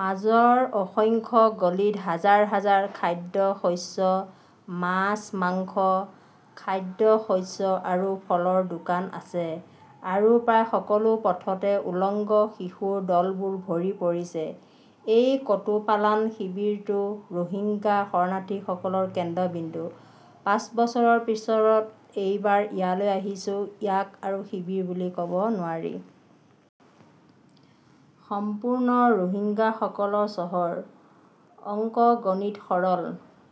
মাজৰ অসংখ্য গলিত হাজাৰ হাজাৰ খাদ্যশস্য, মাছ-মাংস, খাদ্যশস্য আৰু ফলৰ দোকান আছে। আৰু প্ৰায় সকলো পথতে উলংগ শিশুৰ দলবোৰ ভৰি পৰিছে। এই কুতুপালান শিবিৰটো ৰোহিংগ্যা শৰণাৰ্থীসকলৰ কেন্দ্ৰবিন্দু। পাঁচ বছৰৰ পিছত এইবাৰ ইয়ালৈ আহিছোঁ, ইয়াক আৰু শিবিৰ বুলি কব নোৱাৰি। সম্পূৰ্ণ ৰোহিংগাসকলৰ চহৰ। অংকগণিত সৰল।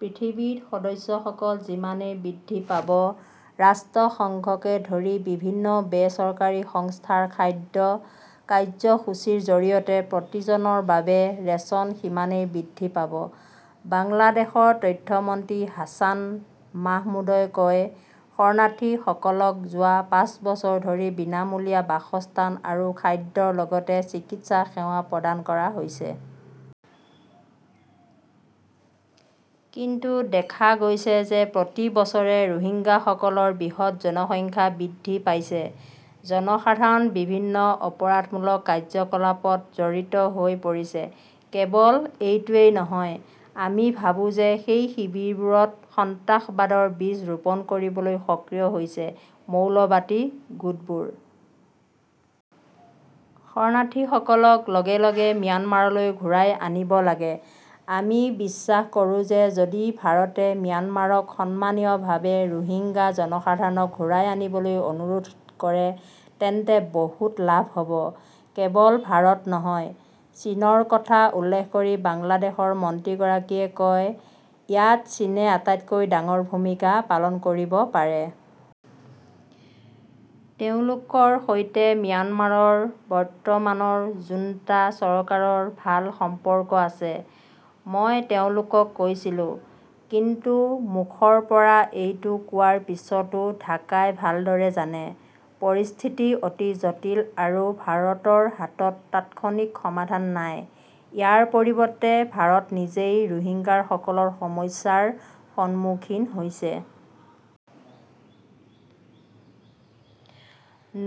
পৃথিৱীত সদস্যসকল যিমানে বৃদ্ধি পাব, ৰাষ্ট্ৰসংঘকে ধৰি বিভিন্ন বেচৰকাৰী সংস্থাৰ খাদ্য কাৰ্যসূচীৰ জৰিয়তে প্ৰতিজনৰ বাবে ৰেচন সিমানেই বৃদ্ধি পাব। বাংলাদেশৰ তথ্য মন্ত্ৰী হাছান মাহমুদই কয়, শৰণাৰ্থীসকলক যোৱা পাঁচ বছৰ ধৰি বিনামূলীয়া বাসস্থান আৰু খাদ্যৰ লগতে চিকিৎসা সেৱা প্ৰদান কৰা হৈছে। কিন্তু দেখা গৈছে যে প্ৰতি বছৰে ৰোহিংগাসকলৰ বৃহৎ জনসংখ্যা বৃদ্ধি পাইছে। জনসাধাৰণ বিভিন্ন অপৰাধমূলক কাৰ্যকলাপত জড়িত হৈ পৰিছে। কেৱল এইটোৱেই নহয়, আমি ভাবো যে সেই শিবিৰবোৰত সন্ত্ৰাসবাদৰ বীজ ৰোপণ কৰিবলৈ সক্ৰিয় হৈছে মৌলবাদী গোটবোৰ। শৰণাৰ্থীসকলক লগে লগে ম্যানমাৰলৈ ঘূৰাই আনিব লাগে। আমি বিশ্বাস কৰোঁ যে যদি ভাৰতে ম্যানমাৰক সন্মানীয়ভাৱে ৰোহিংগ্যা জনসাধাৰণক ঘূৰাই আনিবলৈ অনুৰোধ কৰে তেন্তে বহুত লাভ হ'ব। কেৱল ভাৰত নহয়, চীনৰ কথা উল্লেখ কৰি বাংলাদেশৰ মন্ত্ৰীগৰাকীয়ে কয়, ইয়াত চীনে আটাইতকৈ ডাঙৰ ভূমিকা পালন কৰিব পাৰে। তেওঁলোকৰ সৈতে ম্যানমাৰৰ বৰ্তমানৰ জুন্টা চৰকাৰৰ ভাল সম্পৰ্ক আছে। মই তেওঁলোকক কৈছিলো। কিন্তু মুখৰ পৰা এইটো কোৱাৰ পিছতো ঢাকাই ভালদৰে জানে, পৰিস্থিতি অতি জটিল আৰু ভাৰতৰ হাতত তাৎক্ষণিক সমাধান নাই। ইয়াৰ পৰিৱৰ্তে ভাৰত নিজেই ৰোহিংগাসকলৰ সমস্যাৰ সন্মুখীন হৈছে।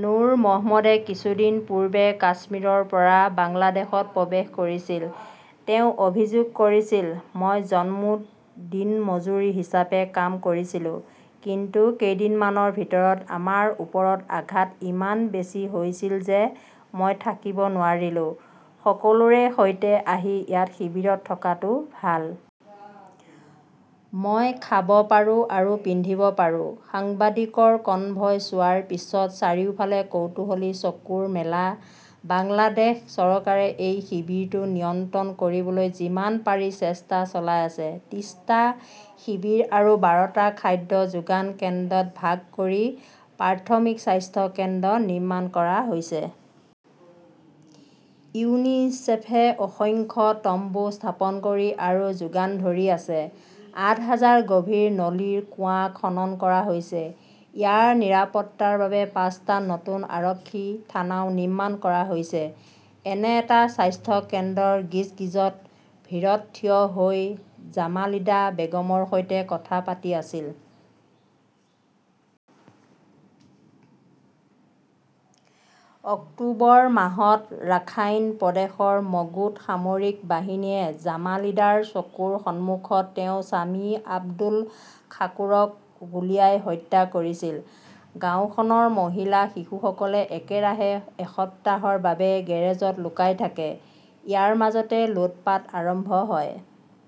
নুৰ মহম্মদে কিছুদিন পূৰ্বে কাশ্মীৰৰ পৰা বাংলাদেশত প্ৰৱেশ কৰিছিল। তেওঁ অভিযোগ কৰিছিল, মই জম্মুত দিনমজুৰি হিচাপে কাম কৰিছিলো। কিন্তু কেইদিনমানৰ ভিতৰত আমাৰ ওপৰত আঘাত ইমান বেছি হৈছিল যে মই থাকিব নোৱাৰিলো। সকলোৰে সৈতে আহি ইয়াত শিবিৰত থকাটো ভাল। মই খাব পাৰো আৰু পিন্ধিব পাৰো। সাংবাদিকৰ কনভয় চোৱাৰ পিছত চাৰিওফালে কৌতুহলী চকুৰ মেলা। বাংলাদেশ চৰকাৰে এই শিবিৰটো নিয়ন্ত্ৰণ কৰিবলৈ যিমান পাৰি চেষ্টা চলাই আছে। ত্ৰিশটা শিবিৰ আৰু বাৰটা খাদ্য যোগান কেন্দ্ৰত ভাগ কৰি প্ৰাথমিক স্বাস্থ্য কেন্দ্ৰ নিৰ্মাণ কৰা হৈছে। ইউনিছেফে অসংখ্য তম্বু স্থাপন কৰি আৰু যোগান ধৰি আছে। আঠ হাজাৰ গভীৰ নলীৰ কুঁৱা খনন কৰা হৈছে। ইয়াৰ নিৰাপত্তাৰ বাবে পাঁচটা নতুন আৰক্ষী থানাও নিৰ্মাণ কৰা হৈছে। এনে এটা স্বাস্থ্য কেন্দ্ৰৰ গিজগিজত ভীৰত থিয় হৈ জামালিদা বেগমৰ সৈতে কথা পাতি আছিল। অক্টোবৰ মাহত ৰাখাইন প্ৰদেশৰ মণ্ডুত সামৰিক বাহিনীয়ে জামালিদাৰ চকুৰ সন্মুখত তেওঁৰ স্বামী আব্দুল শাকুৰক গুলীয়াই হত্যা কৰিছিল। গাওঁখনৰ মহিলা-শিশুসকলে একেৰাহে এসপ্তাহৰ বাবে গেৰেজত লুকাই থাকে। ইয়াৰ মাজতে লুটপাট আৰম্ভ হয়।